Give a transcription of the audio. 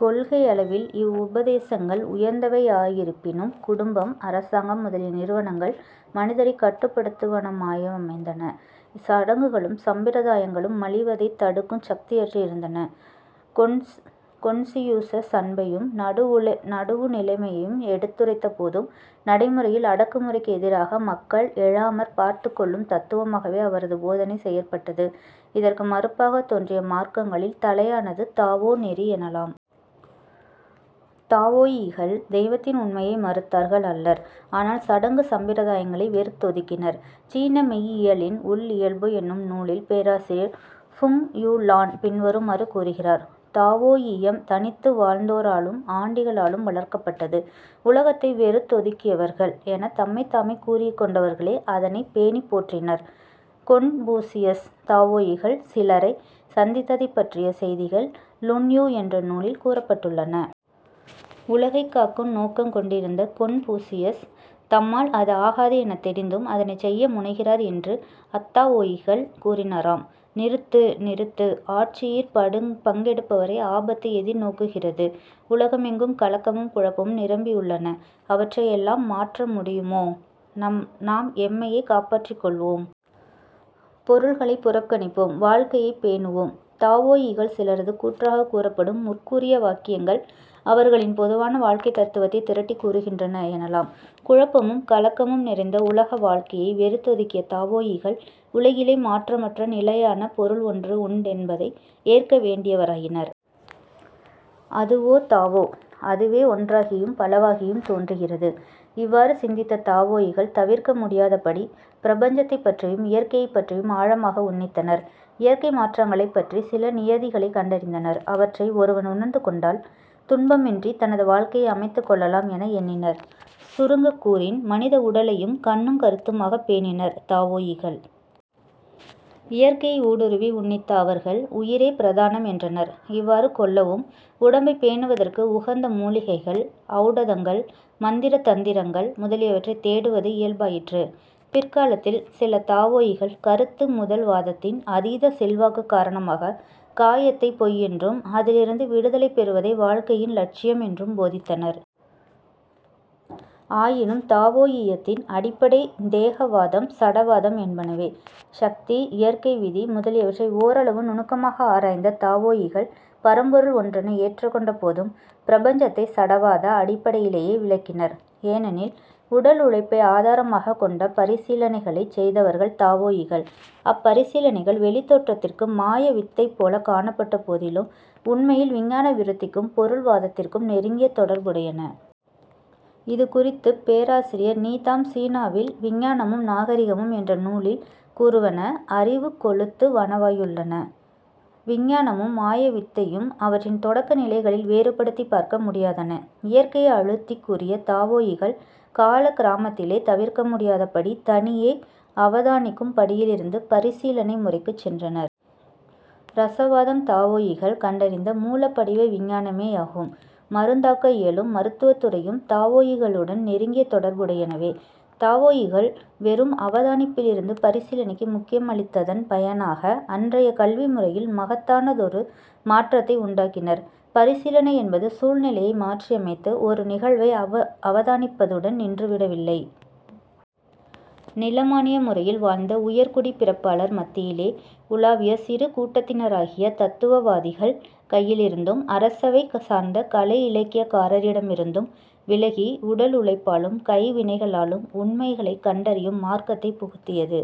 கொள்கையளவில் இவ்வுபதேசங்கள் உயர்ந்தவையாயிருப்பினும், குடும்பம், அரசாங்கம் முதலிய நிறுவனங்கள் மனிதரைக் கட்டுப்படுத்துவனவாயமைந்தன. சடங்குகளும் சம்பிரதாயங்களும் மலிவதைத் தடுக்குங் சக்தியற்றிருந்தன. கொன்பூசியஸ் அன்பையும் நடுவுநிலைமையையும் எடுத்துரைத்தபோதும், நடைமுறையில் அடக்குமுறைக்கு எதிராக மக்கள் எழாமற் பார்த்துக் கொள்ளும் தத்தவமாகவே அவரது போதனை செயற்பட்டது. இதற்கு மறுப்பாகத் தோன்றிய மார்க்கங்களில் தலையானது தாவோ நெறி எனலாம். தாவோயிகள் தெய்வத்தின் உண்மையை மறுத்தார்கள் அல்லர். ஆனால் சடங்கு சம்பிரதாயங்களை வெறுத்தொதுக்கினர். சீன மெய்யியலின் உள்ளியல்பு என்னும் நூலில் பேராசிரியர் ஃபுங் யூ-லான் பின்வருமாறு கூறுகிறார். "தாவோயியம் தனித்து வாழ்ந்தோராலும் ஆண்டிகளாலும் வளர்க்கப்பட்டது. 'உலகத்தை வெறுத்தொதுக்கியவர்கள்' எனத் தம்மைத்தாமே கூறிக்கொண்டவர்களே அதனைப் பேணிப் போற்றினர். " கொன்பூசியஸ் தாவோயிகள் சிலரைச் சந்தித்ததைப் பற்றிய செய்திகள் லுன்யூ என்ற நூலிற் கூறுப்பட்டுள்ளன. உலகைக் காக்கும் நோக்கங் கொண்டிருந்த கொன்பூசியஸ், தம்மால் அது ஆகாது எனத் தெரிந்தும், அதனைச் செய்ய முனைகிறார் என்று அத்தாவோயிகள் கூறினராம். "நிறுத்து! நிறுத்து! ஆட்சியிற் பங்கெடுப்பவரை ஆபத்து எதிர் நோக்குகிறது. உலகமெங்கும் கலக்கமும் குழப்பமும் நிரம்பி உள்ளன. அவற்றை எல்லாம் மாற்ற முடியுமோ? நாம் எம்மையே காப்பாற்றிக்கொள்வோம். பொருள்களைப் புறக்கணிப்போம்; வாழ்க்கையைப் பேணுவோம். " தாவோயிகள் சிலரது கூற்றாகக் கூறப்படும் முற்கூறிய வாக்கியங்கள் அவர்களின் பொதுவான வாழ்க்கைத் தத்துவத்தைத் திரட்டிக் கூறுகின்றன எனலாம். குழப்பமும் கலக்கமும் நிறைந்த உலக வாழ்கையை வெறுத்தொதுக்கிய தாவோயிகள் உலகிலே மாற்றமற்ற நிலையான பொருள் ஒன்று உண்டென்பதை ஏற்க வேண்டியவராயினர். அதுவே தாவோ. அதுவே ஒன்றாகியும் பலவாகியும் தோன்றுகிறது. இவ்வாறு சிந்தித்த தாவோயிகள் தவிர்க்க முடியாதபடி பிரபஞ்சத்தைப்பற்றியும் இயற்கையைப்பற்றியும் ஆழமாக உன்னித்தனர். இயற்கை மாற்றங்களைப் பற்றிச் சில நியதிகளைக் கண்டறிந்தனர். அவற்றை ஒருவன் உணர்ந்துகொண்டால் துன்பமின்றித் தனது வாழ்க்கையை அமைத்துக் கொள்ளலாம் என எண்ணினர். சுருங்கக்கூறின், மனித உடலையும் கண்ணுங் கருத்துமாகப் பேணினர் தாவோயிகள். இயற்கையை ஊடுருவி உன்னித்த அவர்கள் "உயிரே பிரதானம்" என்றனர். இவ்வாறு கொள்ளவும், உடம்பைப் பேணுவதற்கு உகந்த மூலிகைகள், ஔடதங்கள், மந்திரதந்திரங்கள் முதலியவற்றைத் தேடுவது இயல்பாயிற்று. பிற்காலத்தில் சில தாவோயிகள் கருத்து முதல் வாதத்தின் அதீத செல்வாக்குக் காரணமாகக் காயத்தை பொய்யென்றும், அதிலிருந்து விடுதலை பெறுவதே வாழ்க்கையின் இலட்சியம் என்றும் போதித்தனர். ஆயினும் தாவோயியத்தின் அடிப்படை தேகவாதம், சடவாதம் என்பனவே. சக்தி, இயற்கை விதி முதலியவற்றை ஓரளவு நுணுக்கமாக ஆராய்ந்த தாவோயிகள் பரம்பொருள் ஒன்றனை ஏற்றுக்கொண்டபோதும், பிரபஞ்சத்தைச் சடவாத அடிப்படையிலேயே விளக்கினர். ஏனெனில் உடலுழைப்பை ஆதாரமாகக் கொண்ட பரிசீலனைகளைச் செய்தவர்கள் தாவோயிகள். அப்பரிசீலனைகள் வௌித் தோற்றத்திற்கு மாயவித்தைகள்போலக் காணப்பட்டபொழுதிலும், உண்மையில் விஞ்ஞான விருத்திக்கும் பொருள்வாதத்திற்கும் நெருங்கிய தொடர்புடையன. இது குறித்துப் பேராசிரியர் நீதாம் சீனாவில் விஞ்ஞானமும் நாகரிகமும் என்ற நூலில் கூறுவன அறிவு கொளுத்து வனவாயுள்ளன:। "விஞ்ஞானமும் மாயவித்தையும் அவற்றின் தொடக்க நிலைகளில் வேறுபடுத்திப் பார்க்க முடியாதன. இயற்கையை அழுத்திக் கூறிய தாவோயிகள் காலக்கிரமத்திலே தவிர்க்கமுடியாதபடி தனியே அவதானிக்கும் படியிலிருந்து பரிசீலனை முறைக்குச் சென்றனர். இரசவாதம் தாவோயிகள் கண்டறிந்த மூலப்படிவ விஞ்ஞானமே யாகும். மருந்தாக்க இயலும் மருத்துவத் துறையும் தாவோயிகளுடன் நெருங்கிய தொடர்புடையனவே. தாவோயிகள் வெறும் அவதானிப்பிலிருந்து பரிசீலனைக்கு முக்கியமளித்ததன் பயனாக அன்றைய கல்வி முறையில் மகத்தானவொரு மாற்றத்தை உண்டாக்கினர். பரிசீலனை என்பது சூழ்நிலையை மாற்றியமைத்து ஒரு நிகழ்வை அவதானிப்பதுடன் நின்றுவிடவில்லை. நிலமானிய முறையில் வாழ்ந்த உயர்குடிப் பிறப்பாளர் மத்தியிலே உலாவிய சிறு கூட்டத்தினராகிய தத்துவவாதிகள் கையிலிருந்தும், அரசவை சார்ந்த கலை இலக்கிய காரரிடமிருந்தும், விலகி, உடலுழைப்பாலும் கைவினைகளாலும் உண்மைகளைக் கண்டறியும் மார்க்கத்தைப் புகுத்தியது.